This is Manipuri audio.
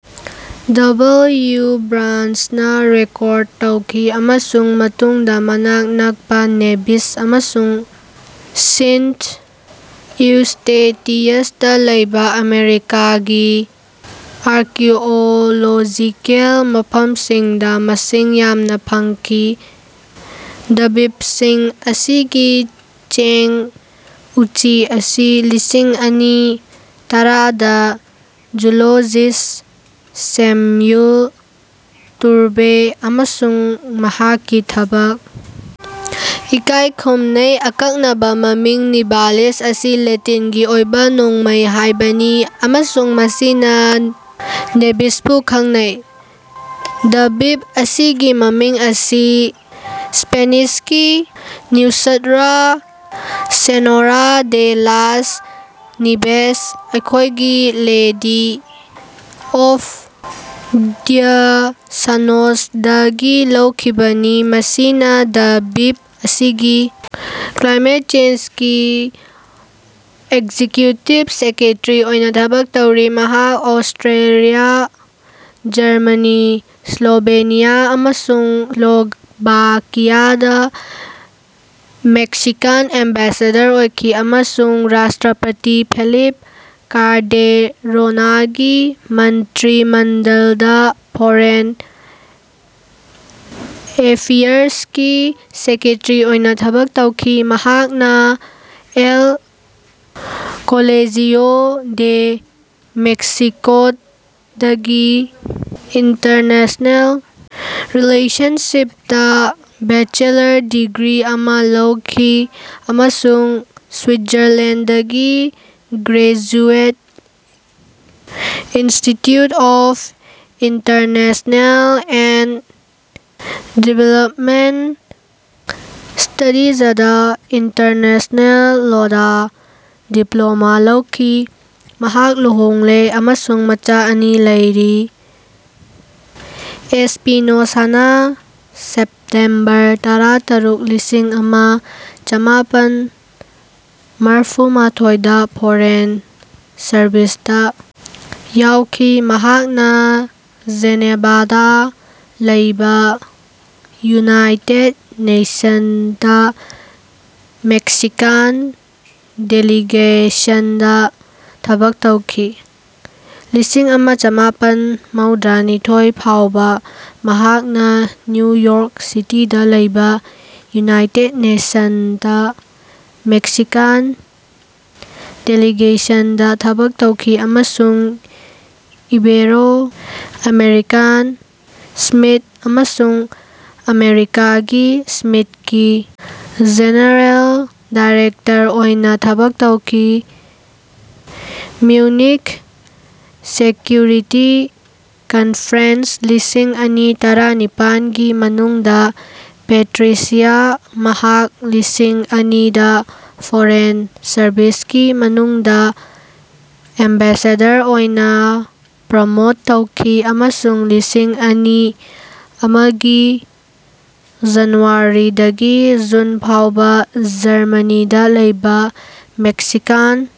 ꯗꯕꯜꯌꯨ ꯕ꯭ꯔꯥꯟꯆꯅ ꯔꯦꯀꯣꯔꯗ ꯇꯧꯈꯤ ꯑꯃꯁꯨꯡ ꯃꯇꯨꯡꯗ ꯃꯅꯥꯛ ꯅꯛꯄ ꯅꯦꯚꯤꯁ ꯑꯃꯁꯨꯡ ꯁꯤꯟꯠ ꯏꯎꯁ꯭ꯇꯦꯇꯤꯌꯁꯇ ꯂꯩꯕ ꯑꯃꯦꯔꯤꯀꯥꯒꯤ ꯑꯥꯔꯀꯤꯑꯣꯂꯣꯖꯤꯀꯦꯜ ꯃꯐꯝꯁꯤꯡꯗ ꯃꯁꯤꯡ ꯌꯥꯝꯅꯥ ꯐꯪꯈꯤ꯫ ꯗ꯭ꯕꯤꯞꯁꯤꯡ ꯑꯁꯤꯒꯤ ꯆꯦꯡ ꯎꯆꯤ ꯑꯁꯤ ꯂꯤꯁꯤꯡ ꯑꯅꯤ ꯇꯔꯥꯗ ꯖꯨꯂꯣꯖꯤꯁ ꯁꯦꯝꯌꯨꯜ ꯇꯨꯔꯚꯦ ꯑꯃꯁꯨꯡ ꯃꯍꯥꯛꯀꯤ ꯊꯕꯛ ꯏꯀꯥꯏꯈꯨꯝꯅꯩ꯫ ꯑꯀꯛꯅꯕ ꯃꯃꯤꯡ ꯅꯤꯚꯥꯂꯤꯁ ꯑꯁꯤ ꯂꯦꯇꯤꯟꯒꯤ ꯑꯣꯏꯕ ꯅꯣꯡꯃꯩ ꯍꯥꯏꯕꯅꯤ ꯑꯃꯁꯨꯡ ꯃꯁꯤꯅ ꯅꯦꯚꯤꯁꯄꯨ ꯈꯪꯅꯩ꯫ ꯗ꯭ꯕꯤꯞ ꯑꯁꯤꯒꯤ ꯃꯃꯤꯡ ꯑꯁꯤ ꯁ꯭ꯄꯦꯅꯤꯁꯀꯤ Nuestra Senora de las Nieves ꯑꯩꯈꯣꯏꯒꯤ ꯂꯦꯗꯤ ꯑꯣꯐ ꯗ꯭ꯌ ꯁ꯭ꯅꯣꯁ ꯗꯒꯤ ꯂꯧꯈꯤꯕꯅꯤ ꯃꯁꯤꯅꯥ ꯗ꯭ꯕꯤꯞ ꯑꯁꯤꯒꯤ ꯀ꯭ꯂꯥꯏꯃꯦꯠ ꯆꯦꯟꯖꯒꯤ ꯑꯦꯛꯖꯤꯀ꯭ꯌꯨꯇꯤꯕ ꯁꯦꯀ꯭ꯔꯦꯇꯔꯤ ꯑꯣꯏꯅꯥ ꯊꯕꯛ ꯇꯧꯔꯤ꯫ ꯃꯍꯥꯛ ꯑꯣꯁꯇ꯭ꯔꯤꯌꯥ ꯖꯔꯃꯅꯤ ꯁ꯭ꯂꯣꯚꯦꯅꯤꯌꯥ ꯑꯃꯁꯨꯡ ꯁ꯭ꯂꯣꯚꯥꯀꯤꯌꯥꯗꯥ ꯃꯦꯛꯁꯤꯀꯥꯟ ꯑꯦꯝꯕꯦꯁꯦꯗꯔ ꯑꯣꯏꯈꯤ ꯑꯃꯁꯨꯡ ꯔꯥꯁꯇ꯭ꯔꯄꯇꯤ ꯐꯦꯂꯤꯞ ꯀꯥꯜꯗꯦꯔꯣꯅꯒꯤ ꯃꯟꯇ꯭ꯔꯤꯃꯟꯗꯜꯗꯥ ꯐꯣꯔꯦꯟ ꯑꯦꯐꯤꯌꯔꯁꯀꯤ ꯁꯦꯀ꯭ꯔꯦꯇꯔꯤ ꯑꯣꯏꯅꯥ ꯊꯕꯛ ꯇꯧꯈꯤ꯫ ꯃꯍꯥꯛꯅꯥ ꯑꯦꯜ ꯀꯣꯂꯦꯖꯤꯑꯣ ꯗꯦ ꯃꯦꯛꯁꯤꯀꯣꯗꯒꯤ ꯏꯟꯇꯔꯅꯦꯁꯅꯦꯜ ꯔꯤꯂꯦꯁꯟꯁꯤꯞꯇꯥ ꯕꯦꯆꯦꯂꯔ ꯗꯤꯒ꯭ꯔꯤ ꯑꯃꯥ ꯂꯧꯈꯤ ꯑꯃꯁꯨꯡ ꯁ꯭ꯋꯤꯠꯖꯔꯂꯦꯟꯗꯒꯤ graduate institute of international and development ꯁ꯭ꯇꯗꯤꯖꯗꯥ ꯏꯟꯇꯔꯅꯦꯁꯅꯦꯜ ꯂꯣꯗꯥ ꯗꯤꯄ꯭ꯂꯣꯃꯥ ꯂꯧꯈꯤ꯫ ꯃꯍꯥꯛ ꯂꯨꯍꯣꯡꯂꯦ ꯑꯃꯁꯨꯡ ꯃꯆꯥ ꯑꯅꯤ ꯂꯩꯔꯤ꯫ ꯑꯦꯁ꯭ꯄꯤꯅꯣꯁꯥꯅꯥ ꯁꯦꯞꯇꯦꯝꯕꯔ ꯇꯔꯥꯇꯔꯨꯛ ꯂꯤꯁꯤꯡ ꯑꯃ ꯆꯃꯥꯄꯟ ꯃꯔꯐꯨꯃꯥꯊꯣꯏꯗ ꯐꯣꯔꯦꯟ ꯁꯔꯕꯤꯁꯇꯥ ꯌꯥꯎꯈꯤ ꯃꯍꯥꯛꯅꯥ ꯖꯦꯅꯦꯚꯥꯗꯥ ꯂꯩꯕꯥ ꯌꯨꯅꯥꯏꯇꯦꯗ ꯅꯦꯁꯟꯁꯇꯥ ꯃꯦꯛꯁꯤꯀꯥꯟ ꯗꯦꯂꯤꯒꯦꯁꯟꯗꯥ ꯊꯕꯛ ꯇꯧꯈꯤ꯫ ꯂꯤꯁꯤꯡ ꯑꯃ ꯆꯃꯥꯄꯟ ꯃꯧꯗ꯭ꯔꯥꯅꯤꯊꯣꯏ ꯐꯥꯎꯕꯥ ꯃꯍꯥꯛꯅꯥ ꯅ꯭ꯌꯨ ꯌꯣꯔꯛ ꯁꯤꯇꯤꯗꯥ ꯂꯩꯕꯥ ꯌꯨꯅꯥꯏꯇꯦꯗ ꯅꯦꯁꯟꯁꯇꯥ ꯃꯦꯛꯁꯤꯀꯥꯟ ꯗꯦꯂꯤꯒꯦꯁꯟꯗꯥ ꯊꯕꯛ ꯇꯧꯈꯤ ꯑꯃꯁꯨꯡ ꯏꯕꯦꯔꯣ ꯑꯃꯦꯔꯤꯀꯥꯟ ꯁꯃꯤꯠ ꯑꯃꯁꯨꯡ ꯑꯃꯦꯔꯤꯀꯥꯒꯤ ꯁꯃꯤꯠꯀꯤ ꯖꯦꯅꯔꯦꯜ ꯗꯥꯏꯔꯦꯛꯇꯔ ꯑꯣꯏꯅꯥ ꯊꯕꯛ ꯇꯧꯈꯤ꯫ ꯃ꯭ꯌꯨꯅꯤꯈ ꯁꯦꯀ꯭ꯌꯨꯔꯤꯇꯤ ꯀꯟꯐꯔꯦꯟꯁ ꯂꯤꯁꯤꯡ ꯑꯅꯤ ꯇꯔꯥꯅꯤꯄꯥꯟꯒꯤ ꯃꯅꯨꯡꯗ ꯄꯦꯇ꯭ꯔꯤꯁꯤꯌꯥ ꯃꯍꯥꯛ ꯂꯤꯁꯤꯡ ꯑꯅꯤꯗꯥ ꯐꯣꯔꯦꯟ ꯁꯔꯕꯤꯁꯀꯤ ꯃꯅꯨꯡꯗꯥ ꯑꯦꯝꯕꯦꯁꯦꯗꯔ ꯑꯣꯏꯅꯥ ꯄ꯭ꯔꯣꯃꯣꯠ ꯇꯧꯈꯤ ꯑꯃꯁꯨꯡ ꯂꯤꯁꯤꯡ ꯑꯅꯤ ꯑꯃꯒꯤ ꯖꯅꯨꯋꯥꯔꯤꯗꯒꯤ ꯖꯨꯟ ꯐꯥꯎꯕꯥ ꯖꯔꯃꯅꯤꯗꯥ ꯂꯩꯕꯥ ꯃꯦꯛꯁꯤꯀꯥꯟ